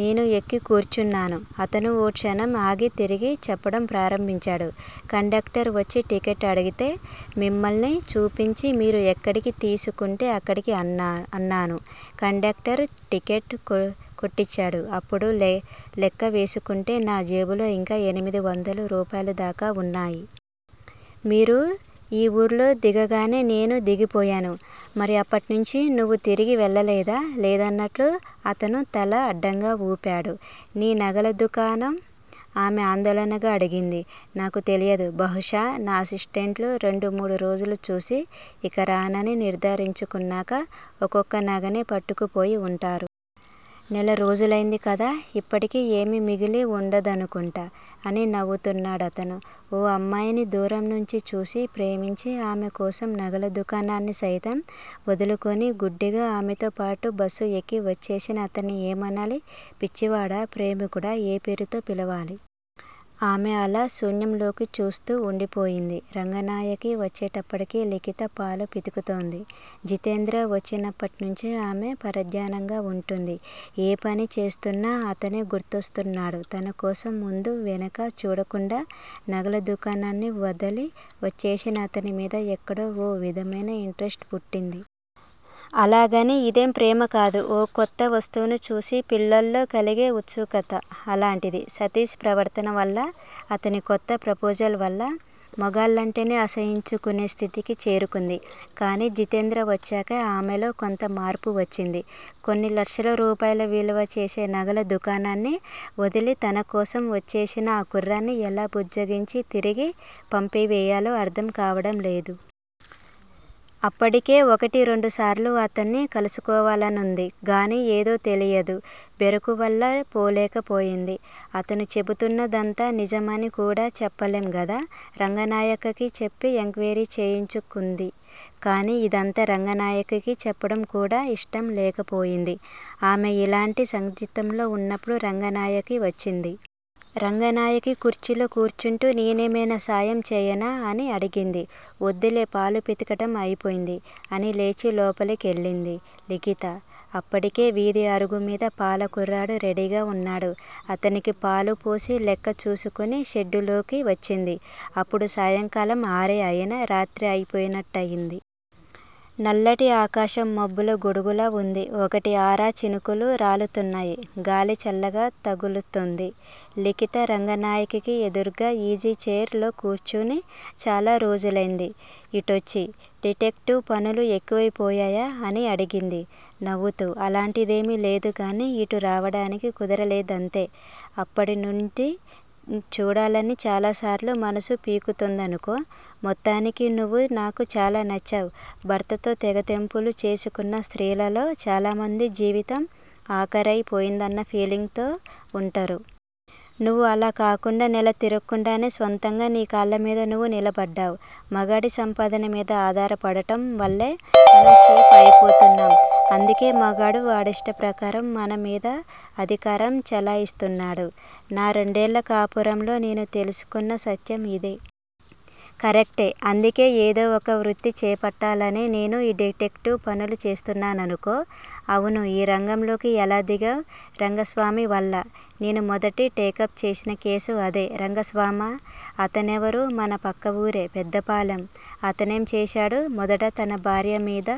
నేను ఎక్కి కూర్చున్నాను అతను ఓ క్షణం ఆగి తిరిగి చెప్పడం ప్రారంభించాడు. కండక్టర్ వచ్చి టిక్కెట్ అడిగితే మిమ్మల్ని చూపించి మీరు ఎక్కడికి తీసుకుంటే అక్కడికి అన్నాను. కండక్టర్ టిక్కెట్ కొట్టిచ్చాడు. అప్పుడు లెక్క వేసుకుంటే నా జేబులో ఇంకా ఎనిమిది వందల రూపాయల దాకా వున్నాయి. మీరు ఈ వూర్లో దిగగానే నేనూ దిగిపోయాను మరి అప్పట్నుంచీ నువు తిరిగి వెళ్ళలేదా? లేదన్నట్లు అతను తల అడ్డంగా వూపాడు. నీ నగల దుకాణం? ఆమె ఆందోళనగా అడిగింది. నాకు తెలియదు బహుశా నా అసిస్టెంట్లు రెండు మూడు రోజులు చూసి ఇక రానని నిర్దారించుకున్నాక ఒక్కొక్క నగనే పట్టుకు పోయి వుంటారు. నెల రోజులైంది కదా. ఇప్పటికీ ఏమీ మిగిలి వుండదనుకుంటా అని నవ్వుతున్నాడతను. ఓ అమ్మాయిని దూరం నుంచి చూసి, ప్రేమించి, ఆమె కోసం నగల దుకాణాన్ని సైతం వదులుకుని గుడ్డిగా ఆమెతో పాటు బస్సు ఎక్కి వచ్చేసిన అతన్ని ఏమనాలి? పిచ్చివాడా? ప్రేమికుడా? ఏ పేరుతో పిలవాలి? ఆమె అలా శూన్యం లోకి చూస్తూ వుండిపోయింది. రంగనాయకి వచ్చేటప్పటికి లిఖిత పాలు పితుకుతోంది. జితేంద్ర వచ్చినప్పట్నుంచి ఆమె పరధ్యానంగా వుంటుంది. ఏ పని చేస్తున్నా అతనే గుర్తుస్తున్నాడు. తనకోసం ముందూ వెనకా చూడకుండా నగల దుకాణాన్ని వదలి వచ్చేసిన అతని మీద ఎక్కడో ఓ విధమైన ఇంట్రెస్ట్ పుట్టింది. అలాగని అదేం ప్రేమ కాదు. ఓ కొత్త వస్తువును చూసి పిల్లల్లో కలిగే వుత్సుకత లాంటిది. సతీష్ ప్రవర్తనవల్ల అతని కొత్త ప్రపోజల్ వల్ల మగాళ్ళంటేనే అసహ్యించుకునే స్థితికి చేరుకుంది. కానీ జితేంద్ర వచ్చాక ఆమెలో కొంత మార్పు వచ్చింది. కొన్ని లక్షల రూపాయలు విలువ చేసే నగల దుకాణాన్ని వదిలి తనకోసం వచ్చేసిన ఆ కుర్రాడ్ని ఎలా బుజ్జగించి తిరిగి పంపివేయాలో అర్ధం కావడం లేదు. అప్పటికే ఒకటి రెండుసార్లు అతన్ని కలుసుకోవాలనుంది గానీ ఏదో తెలియని బెరుకు వల్ల పోలేకపోయింది. అతను చెబుతున్నదంతా నిజమని కూడా నమ్మలేం గదా. రంగనాయకకి చెప్పి ఎంక్వయిరీ చేయించాలనుకుంది. కానీ ఇదంతా రంగనాయకీకి చెప్పడం కూడా ఇష్టం లేకపోయింది. ఆమె ఇలాంటి సందిగ్ధంలో వున్నప్పుడు రంగనాయకి వచ్చింది. రంగనాయకి కుర్చీలో కూర్చుంటూ నేనేమైనా సాయం చేయనా? అని అడిగింది. ఒద్దులే పాలు పితకటం అయిపోయింది అని లేచి లోపలి కెళ్ళింది లిఖిత. అప్పటికే వీధి అరుగుమీద పాల కుర్రాడు రెడీగా వున్నాడు. అతనికి పాలు పోసి, లెక్క చూసుకుని షెడ్డులోకి వచ్చింది. అప్పుడు సాయంకాలం ఆరే అయినా రాత్రి అయిపోయినట్టుంది. నల్లటి ఆకాశం మబ్బుల గొడుగులా వుంది. ఒకటీ అరా చినుకులు రాలుతున్నాయి గాలి చల్లగా తగుల్తోంది. లిఖిత రంగనాయకకి ఎదురుగ్గా ఈజీ చైర్ లో కూర్చుని చాలా రోజులైందే ఇటొచ్చి- డిటెక్టివ్ పనులు ఎక్కువైపోయాయా? అని అడిగింది నవ్వుతూ. అలాంటిదేమీ లేదుగానీ ఇటు రావడానికి కుదరలేదంతే అప్పటికీ నిన్ను చూడాలని చాలా సార్లు మనసు పీకిందనుకో మొత్తానికి నువ్వు నాకు చాలా నచ్చావ్ భర్తతో తెగతెంపులు చేసుకున్న స్త్రీలలో చాలామంది జీవితం ఆఖరయి పోయిందన్న ఫీలింగ్ తో వుంటారు. నువు అలా కాకుండా నెల తిరక్కుండానే స్వంతంగా నీ కాళ్ళమీద నువు నిలబడ్డావ్ మగాడి సంపాదన మీద ఆధారపడడం వల్లే మనం చీప్ అయిపోతున్నాం. అందుకే మగాడు వాడిష్ట ప్రకారం మన మీద అధికారం చెలాయిస్తున్నాడు. నా రెండేళ్ళ కాపురంలో నేను తెలుసుకున్న సత్యం ఇదే. కరెక్టే అందుకే ఏదో ఒక వృత్తి చేపట్టాలనే నేనూ ఈ డిటెక్టివ్ పనులు చేస్తున్నాననుకో అవునూ ఈ రంగంలోకి ఎలా దిగావ్? రంగస్వామి వల్ల నేను మొదట టేకప్ చేసిన కేసు అదే రంగస్వామా? అతనెవరు? మన పక్కవూరే- పెద్దపాలెం అతనేం చేశాడు? మొదట తన భార్య మీద